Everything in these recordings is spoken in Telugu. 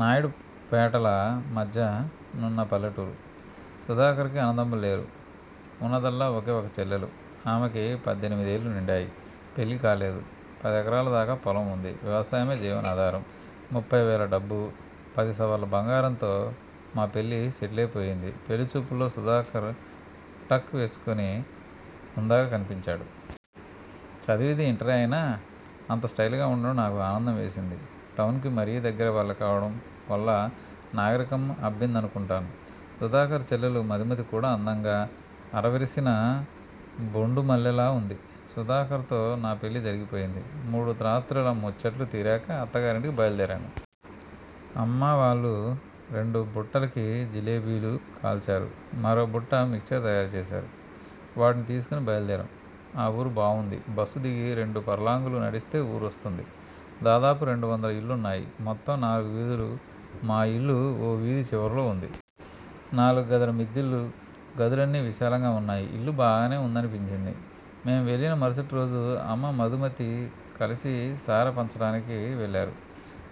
నాయుడుపేటల మధ్య నున్న పల్లెటూరు. సుధాకర్ కి అన్నదమ్ములు లేరు, ఉన్నదల్లా ఒకే ఒక చెల్లెలు ఆమెకి పద్దెనిమిదేళ్ళు నిండాయి. పెళ్ళి కాలేదు. పదెకరాలదాకా పొలం వుంది వ్యవసాయమే జీవనాధారం. ముఫ్ఫైవేల డబ్బూ, పదిసవర్ల బంగారంతో మా పెళ్ళి సెటిలైపోయింది. పెళ్ళిచూపుల్లో సుధాకర్ టక్ వేసుకుని హుందాగా కనిపించాడు. చదివింది ఇంటరే అయినా అంత స్టయిల్ గా వుండడం నాకు ఆనందం వేసింది. టౌన్ కి మరీ దగ్గర పల్లెకావడం వల్ల నాగరికం అబ్బిందనుకుంటాను. సుధాకర్ చెల్లెలు మధుమతి కూడా అందంగా, అరవిరిసిన బొండుమల్లెలా వుంది. సుధాకర్ తో నా పెళ్ళి జరిగిపోయింది. మూడు రాత్రుల ముచ్చట్లు తీరాక- అత్తగారింటికి బయల్దేరాను. అమ్మావాళ్ళు రెండు బుట్టలకి జిలేబీలు కాల్చారు. మరో బుట్ట మిక్చర్ తయారు చేశారు. వాటిని తీసుకుని బయల్దేరాం. ఆ ఊరు బావుంది. బస్సు దిగి రెండు ఫర్లాంగులు నడిస్తే ఊరొస్తుంది. దాదాపు రెండువందల ఇళ్ళున్నాయి. మొత్తం నాలుగు వీధులు మా ఇల్లు ఓ వీధి చివరలో వుంది. నాలుగు గదుల మిద్దిల్లు గదులన్నీ విశాలంగా వున్నాయి ఇల్లు బాగానే వుందనిపించింది. మేం వెళ్ళిన మరుసటిరోజు అమ్మ మధుమతి కలిసి సారె పంచడానికి వెళ్ళారు.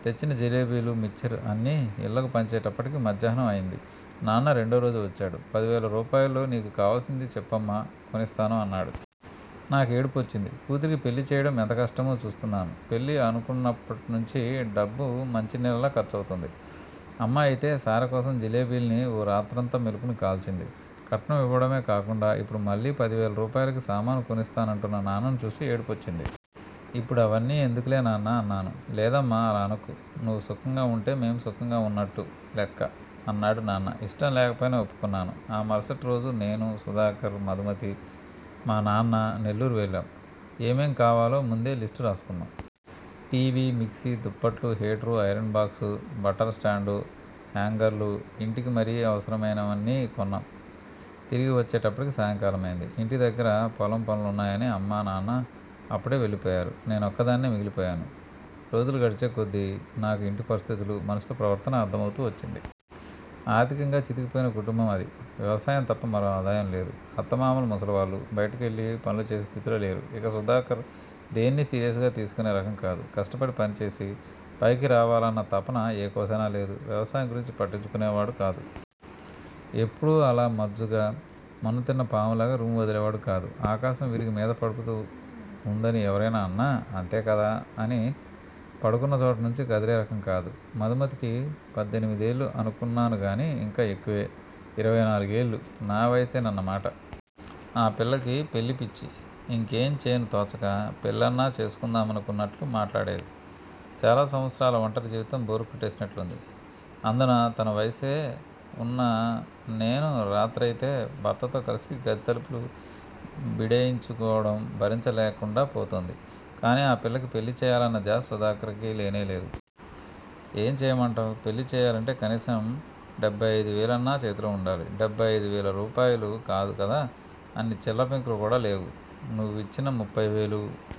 తెచ్చిన జిలేబీలు, మిక్చర్ అన్ని ఇళ్ళకు పంచేటప్పటికి మధ్యాహ్నం అయింది. నాన్న రెండోరోజు వచ్చాడు. 'పదివేల రూపాయల్లో నీకు కావాల్సింది చెప్పమ్మా కొనిస్తాను' అన్నాడు. నాకు ఏడుపొచ్చింది. కూతురికి పెళ్ళి చేయడం ఎంత కష్టమో చూస్తున్నాను. పెళ్ళి అనుకున్నప్పట్నుంచీ డబ్బు మంచినీళ్ళలా ఖర్చవుతోంది. అమ్మ అయితే సారెకోసం జిలేబీల్ని ఓ రాత్రంతా మేల్కొని కాల్చింది. కట్నం ఇవ్వడమే కాకుండా ఇప్పుడు మళ్ళీ పదివేల రూపాయలకి సామాను కొనిస్తానంటున్న నాన్నను చూసి ఏడుపొచ్చింది. ఇప్పుడు అవన్నీ ఎందుకులే నాన్నా అన్నాను. లేదమ్మా అలా అనకు, నువ్వు సుఖంగా వుంటే మేం సుఖంగా వున్నట్టు లెక్క అన్నాడు నాన్న. ఇష్టం లేకపోయినా ఒప్పుకున్నాను. ఆ మరుసటిరోజు నేనూ, సుధాకర్, మధుమతి, మానాన్న నెల్లూరు వెళ్ళాం. ఏమేం కావాలో ముందే లిస్టు రాసుకున్నాం. టి. వీ. మిక్సి, దుప్పట్లు, హీటర్, ఐరన్ బాక్స్, బట్టలస్టాండూ, హేంగర్లూ, ఇంటికి మరీ అవసరమైనవన్నీ కొన్నాం తిరిగి వచ్చేటప్పటికి సాయంకాలమైంది. ఇంటి దగ్గర పొలం పనులున్నాయని అమ్మా, నాన్న అప్పుడే వెళ్ళి పోయారు. నేనొక్కదాన్నే మిగిలిపోయాను. రోజులు గడిచేకొద్దీ నాకు ఇంటి పరిస్థితులు, మనుషుల ప్రవర్తన అర్ధం అవుతూ వచ్చింది. ఆర్ధికంగా చితికిపోయిన కుటుంబం అది. వ్యవసాయం తప్ప మరో ఆదాయం లేదు. అత్తామామలు ముసలివాళ్ళు, బయటికెళ్ళి పనులు చేసే స్థితిలో లేరు. ఇక సుధాకర్ దేనినీ సీరియస్ గా తీసుకునే రకం కాదు. కష్టపడి పనిచేసి, పైకి రావాలన్న తపన ఏ కోశానా లేదు. వ్యవసాయం గురించి పట్టించుకునేవాడు కాదు. ఎప్పుడూ అలా మజ్జుగా, మన్ను తిన్న పాములాగా రూమ్ వదిలేవాడు కాదు. ఆకాశం విరిగి మీద పడిపోతూ వుందని ఎవరైనా అన్నా 'అంతేకదా' అని పడుకున్న చోటు నుంచి కదిలే రకం కాదు. మధుమతికి పద్దెనిమిదేళ్ళు అనుకున్నానుగానీ ఇంకా ఎక్కువే. ఇరవై నాలుగేళ్ళు. నా వయసేనన్న మాట. ఆ పిల్లకి పెళ్ళి పిచ్చి. ఇంకేం చేయను తోచక పెళ్ళన్నా చేసుకుందామానుకున్నట్లు మాట్లాడేది. చాలా సంవత్సరాల ఒంటరి జీవితం బోర్ కొట్టేసినట్లుంది. అందునా తన వయసే వున్న నేను రాత్రయితే భర్తతో కలిసి గది తలుపులు బిడేయించుకోవడం భరించ లేకుండా పోతోంది. కానీ ఆ పిల్లకి పెళ్ళి చేయాలన్న ధ్యాస సుధాకర్ కి లేనేలేదు. ఏం చేయమంటావ్? పెళ్ళి చేయాలంటే కనీసం డెబ్బై అయిదు వేలన్నా చేతిలో వుండాలి. డెబ్బై అయిదువేల రూపాయలు కాదు కదా అన్ని చిల్లపెంకులు కూడా లేవు. నువ్విచ్చిన ముఫ్ఫైవేలూ